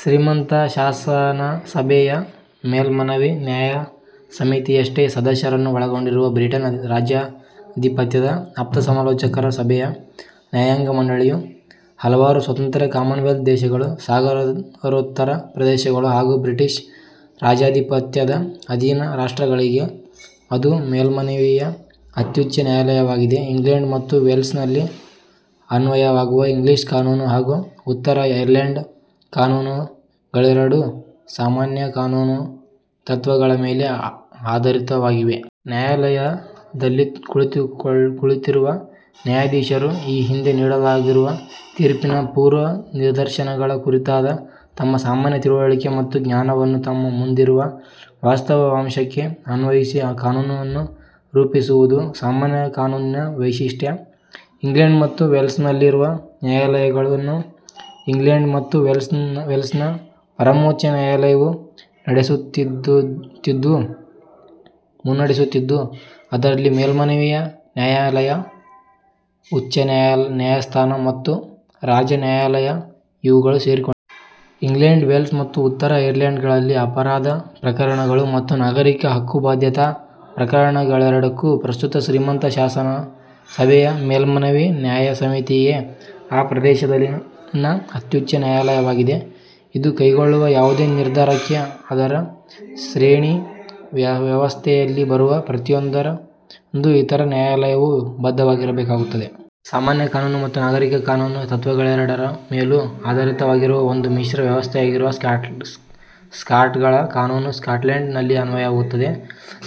ಶ್ರೀಮಂತ ಶಾಸನಸಭೆ ಯ ಮೇಲ್ಮನವಿ ನ್ಯಾಯಸಮಿತಿಯಷ್ಟೇ ಸದಸ್ಯರನ್ನು ಒಳಗೊಂಡಿರುವ ಬ್ರಿಟನ್ ರಾಜಾಧಿಪತ್ಯದ ಆಪ್ತಸಮಾಲೋಚಕರ ಸಭೆಯ ನ್ಯಾಯಾಂಗ ಮಂಡಳಿ ಯು ಹಲವಾರು ಸ್ವತಂತ್ರ ಕಾಮನ್ವೆಲ್ತ್ ದೇಶಗಳು, ಸಾಗರೋತ್ತರ ಪ್ರದೇಶಗಳು ಹಾಗೂ ಬ್ರಿಟಿಷ್ ರಾಜಾಧಿಪತ್ಯದ ಅಧೀನ ರಾಷ್ಟ್ರಗಳಿಗೆ ಅದು ಮೇಲ್ಮನವಿಯ ಅತ್ಯುಚ್ಚ ನ್ಯಾಯಾಲಯವಾಗಿದೆ. ಇಂಗ್ಲೆಂಡ್ ಮತ್ತು ವೇಲ್ಸ್ ನಲ್ಲಿ ಅನ್ವಯವಾಗುವ ಇಂಗ್ಲೀಷ್ ಕಾನೂನು ಹಾಗೂ ಉತ್ತರ ಐರ್ಲೆಂಡ್ ಕಾನೂನು ಗಳೆರಡೂ ಸಾಮಾನ್ಯ ಕಾನೂನು ತತ್ವಗಳ ಮೇಲೆ ಆಧರಿತವಾಗಿವೆ. ನ್ಯಾಯಾಲಯ ದಲ್ಲಿ ಕುಳಿತಿರುವ ನ್ಯಾಯಾಧೀಶ ರು, ಈ ಹಿಂದೆ ನೀಡಲಾಗಿರುವ ತೀರ್ಪಿನ ಪೂರ್ವ ನಿದರ್ಶನಗಳ ಕುರಿತಾದ ತಮ್ಮ ಸಾಮಾನ್ಯ ತಿಳುವಳಿಕೆ ಮತ್ತು ಜ್ಞಾನವನ್ನು ತಮ್ಮ ಮುಂದಿರುವ ವಾಸ್ತವಾಂಶಕ್ಕೆ ಅನ್ವಯಿಸಿ, ಕಾನೂನನ್ನು ರೂಪಿಸಿರುವುದು ಸಾಮಾನ್ಯ ಕಾನೂನಿನ ವೈಶಿಷ್ಟ್ಯ. ಇಂಗ್ಲೆಂಡ್ ಮತ್ತು ವೇಲ್ಸ್ನಲ್ಲಿರುವ ನ್ಯಾಯಾಲಯ ಗಳನ್ನು ಇಂಗ್ಲೆಂಡ್ ಮತ್ತು ವೇಲ್ಸ್ನ ಪರಮೋಚ್ಚ ನ್ಯಾಯಾಲಯವು ಮುನ್ನಡೆಸುತ್ತಿದ್ದು, ಅದರಲ್ಲಿ ಮೇಲ್ಮನವಿಯ ನ್ಯಾಯಾಲಯ, ಉಚ್ಚ ನ್ಯಾಯಸ್ಥಾನ ಮತ್ತು ರಾಜ ನ್ಯಾಯಾಲಯ ಇವುಗಳು ಸೇರಿಕೊಂಡಿವೆ. ಇಂಗ್ಲೆಂಡ್, ವೇಲ್ಸ್ ಮತ್ತು ಉತ್ತರ ಐರ್ಲೆಂಡ್ ಗಳಲ್ಲಿನ ಅಪರಾಧ ಪ್ರಕರಣಗಳು ಮತ್ತು ನಾಗರಿಕ ಹಕ್ಕುಬಾಧ್ಯತಾ ಪ್ರಕರಣಗಳೆರಡಕ್ಕೂ ಪ್ರಸ್ತುತ ಶ್ರೀಮಂತ ಶಾಸನ ಸಭೆ ಯ ಮೇಲ್ಮನವಿ ನ್ಯಾಯಸಮಿತಿಯೇ ಆ ಪ್ರದೇಶದಲ್ಲಿನ ಅತ್ಯುಚ್ಚ ನ್ಯಾಯಾಲಯವಾಗಿದೆ. ಇದು ಕೈಗೊಳ್ಳುವ ಯಾವುದೇ ನಿರ್ಧಾರಕ್ಕೆ ಅದರ ಶ್ರೇಣಿ ವ್ಯವಸ್ಥೆಯಲ್ಲಿ ಬರುವ ಪ್ರತಿಯೊಂದು ಇತರ ನ್ಯಾಯಾಲಯವೂ ಬದ್ಧವಾಗಿರಬೇಕಾಗುತ್ತದೆ. ಸಾಮಾನ್ಯ ಕಾನೂನು ಮತ್ತು ನಾಗರಿಕ ಕಾನೂನು ತತ್ವಗಳೆರಡರ ಮೇಲೂ ಆಧರಿತವಾಗಿರುವ ಒಂದು ಮಿಶ್ರ ವ್ಯವಸ್ಥೆಯಾಗಿರುವ ಸ್ಕಾಟ್ಗಳ ಕಾನೂನು ಸ್ಕಾಟ್ಲೆಂಡ್ ನಲ್ಲಿ ಅನ್ವಯವಾಗುತ್ತದೆ.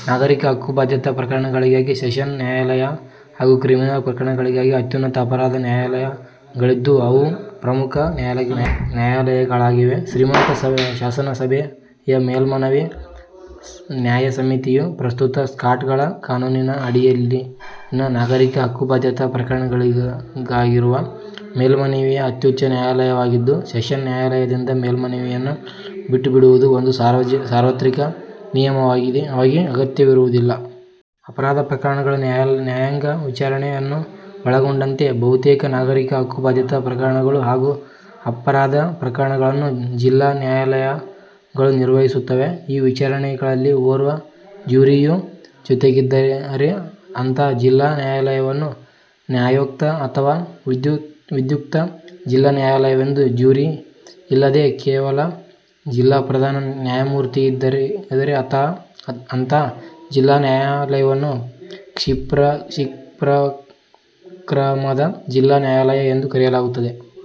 ನಾಗರಿಕ ಹಕ್ಕುಬಾಧ್ಯತಾ ಪ್ರಕರಣಗಳಿಗಾಗಿ ಸೆಷನ್ ನ್ಯಾಯಾಲಯ ಹಾಗೂ ಕ್ರಿಮಿನಲ್ ಪ್ರಕರಣಗಳಿಗಾಗಿ ಅತ್ಯುನ್ನತ ಅಪರಾಧ ನ್ಯಾಯಾಲಯ ಗಳಿದ್ದು, ಅವು ಪ್ರಮುಖ ನ್ಯಾಯಾಲಯಗಳಾಗಿವೆ. ಶ್ರೀಮಂತ ಶಾಸನಸಭೆ ಯ ಮೇಲ್ಮನವಿ ನ್ಯಾಯಸಮಿತಿಯು ಪ್ರಸ್ತುತ ಸ್ಕಾಟ್ಗಳ ಕಾನೂನಿನ ಅಡಿಯಲ್ಲಿನ ನಾಗರಿಕ ಹಕ್ಕುಬಾಧ್ಯತಾ ಪ್ರಕರಣಗಳಿಗಾಗಿರುವ ಮೇಲ್ಮನವಿಯ ಅತ್ಯುಚ್ಚ ನ್ಯಾಯಾಲಯವಾಗಿದ್ದು, ಸೆಷನ್ ನ್ಯಾಯಾಲಯದಿಂದ ಮೇಲ್ಮನವಿಯನ್ನು ಬಿಟ್ಟುಬಿಡುವುದು ಒಂದು ಸಾರ್ವತ್ರಿಕ ನಿಯಮವಾಗಿ ಅಗತ್ಯವಿರುವುದಿಲ್ಲ. ಅಪರಾಧ ಪ್ರಕರಣಗಳ ನ್ಯಾಯಾಂಗ ವಿಚಾರಣೆ ಯನ್ನು ಒಳಗೊಂಡಂತೆ, ಬಹುತೇಕ ನಾಗರಿಕ ಹಕ್ಕುಬಾಧ್ಯತಾ ಪ್ರಕರಣಗಳು ಹಾಗೂ ಅಪರಾಧ ಪ್ರಕರಣಗಳನ್ನು ಜಿಲ್ಲಾ ನ್ಯಾಯಾಲಯ ಗಳು ನಿರ್ವಹಿಸುತ್ತವೆ. ಈ ವಿಚಾರಣೆಗಳಲ್ಲಿ ಓರ್ವ ಜ್ಯೂರಿಯು ಜೊತೆಗಿದ್ದರೆ ಅಂಥಾ ಜಿಲ್ಲಾ ನ್ಯಾಯಾಲಯವನ್ನು ನ್ಯಾಯೋಕ್ತ ಅಥವಾ ವಿಧ್ಯುಕ್ತ ಜಿಲ್ಲಾ ನಾಯಾಲಯವೆಂದೂ, ಜ್ಯೂರಿ ಇಲ್ಲದೇ ಕೇವಲ ಜಿಲ್ಲಾ ಪ್ರಧಾನ ನ್ಯಾಯಮೂರ್ತಿಯಿದ್ದರೆ ಅಂಥಾ ಜಿಲ್ಲಾ ನ್ಯಾಯಾಲಯವನ್ನು ಕ್ಷಿಪ್ರಕ್ರಮದ ಜಿಲ್ಲಾ ನ್ಯಾಯಾಲಯ ಎಂದು ಕರೆಯಲಾಗುತ್ತದೆ.